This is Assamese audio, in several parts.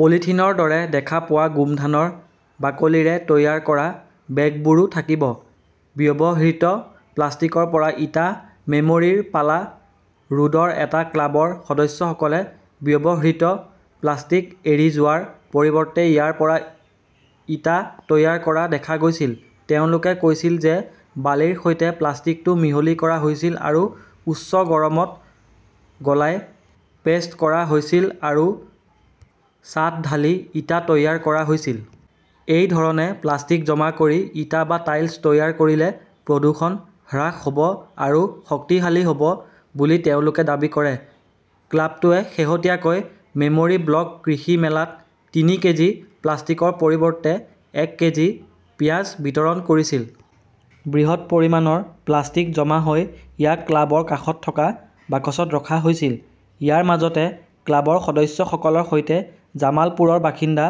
পলিথিনৰ দৰে দেখা পোৱা গোমধানৰ বাকলিৰে তৈয়াৰ কৰা বেগবোৰো থাকিব। ব্যৱহৃত প্লাষ্টিকৰ পৰা ইটা মেমৰীৰ পালা ৰোডৰ এটা ক্লাবৰ সদস্যসকলে ব্যৱহৃত প্লাষ্টিক এৰি যোৱাৰ পৰিৱৰ্তে ইয়াৰ পৰা ইটা তৈয়াৰ কৰা দেখা গৈছিল। তেওঁলোকে কৈছিল যে বালিৰ সৈতে প্লাষ্টিকটো মিহলি কৰা হৈছিল আৰু উচ্চ গৰমত গলাই পেষ্ট কৰা হৈছিল আৰু ছাঁত ঢালি ইটা তৈয়াৰ কৰা হৈছিল। এই ধৰণে প্লাষ্টিক জমা কৰি ইটা বা টাইলচ তৈয়াৰ কৰিলে প্ৰদূষণ হ্ৰাস হ'ব আৰু শক্তিশালী হ'ব বুলি তেওঁলোকে দাবী কৰে। ক্লাবটোৱে শেহতীয়াকৈ মেমৰী ব্লক কৃষি মেলাত তিনি কেজি প্লাষ্টিকৰ পৰিৱৰ্তে এক কেজি পিয়াজ বিতৰণ কৰিছিল। বৃহৎ পৰিমাণৰ প্লাষ্টিক জমা হয় ইয়াক ক্লাবৰ কাষত থকা বাকচত ৰখা হৈছিল। ইয়াৰ মাজতে ক্লাবৰ সদস্যসকলৰ সৈতে জামালপুৰৰ বাসিন্দা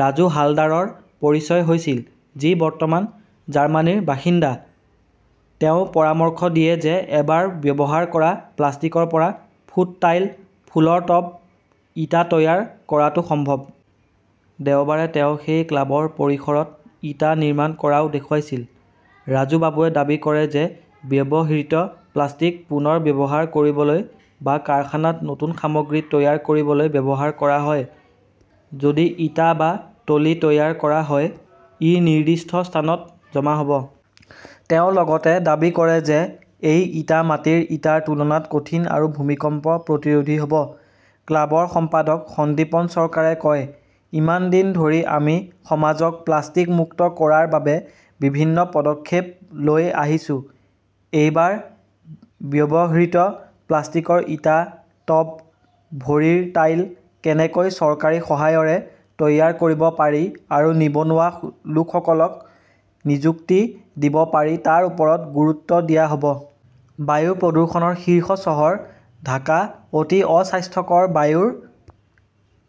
ৰাজু হালদাৰৰ পৰিচয় হৈছিল, যি বৰ্তমান জাৰ্মানীৰ বাসিন্দা। তেওঁ পৰামৰ্শ দিয়ে যে এবাৰ ব্যৱহাৰ কৰা প্লাষ্টিকৰ পৰা ফুট টাইল, ফুলৰ টব, ইটা তৈয়াৰ কৰাটো সম্ভৱ। দেওবাৰে তেওঁ সেই ক্লাবৰ পৰিসৰত ইটা নিৰ্মাণ কৰাও দেখুৱাইছিল। ৰাজুবাবুৱে দাবী কৰে যে ব্যৱহৃত প্লাষ্টিক পুনৰ ব্যৱহাৰ কৰিবলৈ বা কাৰখানাত নতুন সামগ্ৰী তৈয়াৰ কৰিবলৈ ব্যৱহাৰ কৰা হয়। যদি ইটা বা টলি তৈয়াৰ কৰা হয় ,ই নিৰ্দিষ্ট স্থানত জমা হ 'ব। তেওঁ লগতে দাবী কৰে যে এই ইটা মাটিৰ ইটাৰ তুলনাত কঠিন আৰু ভূমিকম্প প্ৰতিৰোধী হ'ব। ক্লাবৰ সম্পাদক সন্দীপন চৰকাৰে কয়, ইমান দিন ধৰি আমি সমাজক প্লাষ্টিক মুক্ত কৰাৰ বাবে বিভিন্ন পদক্ষেপ লৈ আহিছোঁ এইবাৰ ব্যৱহৃত প্লাষ্টিকৰ ইটা, টব, ভৰিৰ টাইল কেনেকৈ চৰকাৰী সহায়ৰে তৈয়াৰ কৰিব পাৰি আৰু নিবনুৱা লোকসকলক নিযুক্তি দিব পাৰি তাৰ ওপৰত গুৰুত্ব দিয়া হ'ব। বায়ু প্ৰদূষণৰ শীৰ্ষ চহৰ ঢাকা অতি অস্বাস্থ্যকৰ বায়ুৰ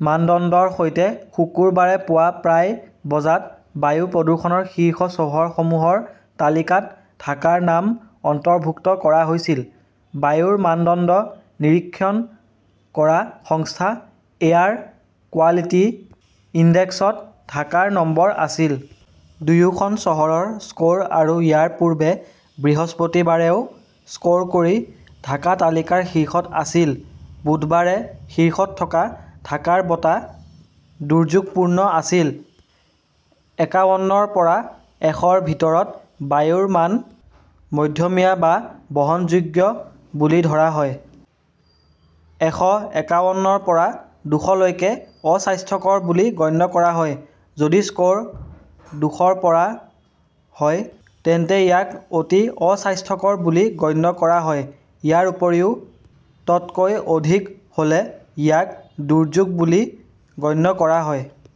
মানদণ্ডৰ সৈতে শুকুৰবাৰে পুৱা প্ৰায় বজাত বায়ু প্ৰদূষণৰ শীৰ্ষ চহৰসমূহৰ তালিকাত ঢাকাৰ নাম অন্তৰ্ভুক্ত কৰা হৈছিল। বায়ুৰ মানদণ্ড নিৰীক্ষণ কৰা সংস্থা এয়াৰ কোৱালিটি ইনডেক্স ত ঢাকাৰ নম্বৰ আছিল। দুয়োখন চহৰৰ স্কৰ আৰু ইয়াৰ পূৰ্বে বৃহস্পতিবাৰেও স্কৰ কৰি ঢাকা তালিকাৰ শীৰ্ষত আছিল। বুধবাৰে শীৰ্ষত থকা ঢাকাৰ বতাহ দুৰ্যোগপূৰ্ণ আছিল। একাৱন্নৰ পৰা এশ ৰ ভিতৰত বায়ুৰ মান মধ্যমীয়া বা বহনযোগ্য বুলি ধৰা হয়। এশ একাৱন্নৰ পৰা দুশ লৈকে অস্বাস্থ্যকৰ বুলি গণ্য কৰা হয়। যদি স্কৰ দুশ ৰ পৰা হয় তেন্তে ইয়াক অতি অস্বাস্থ্যকৰ বুলি গণ্য কৰা হয়। ইয়াৰ উপৰিও তকৈ অধিক হ'লে ইয়াক দুৰ্যোগ বুলি গণ্য কৰা হয়।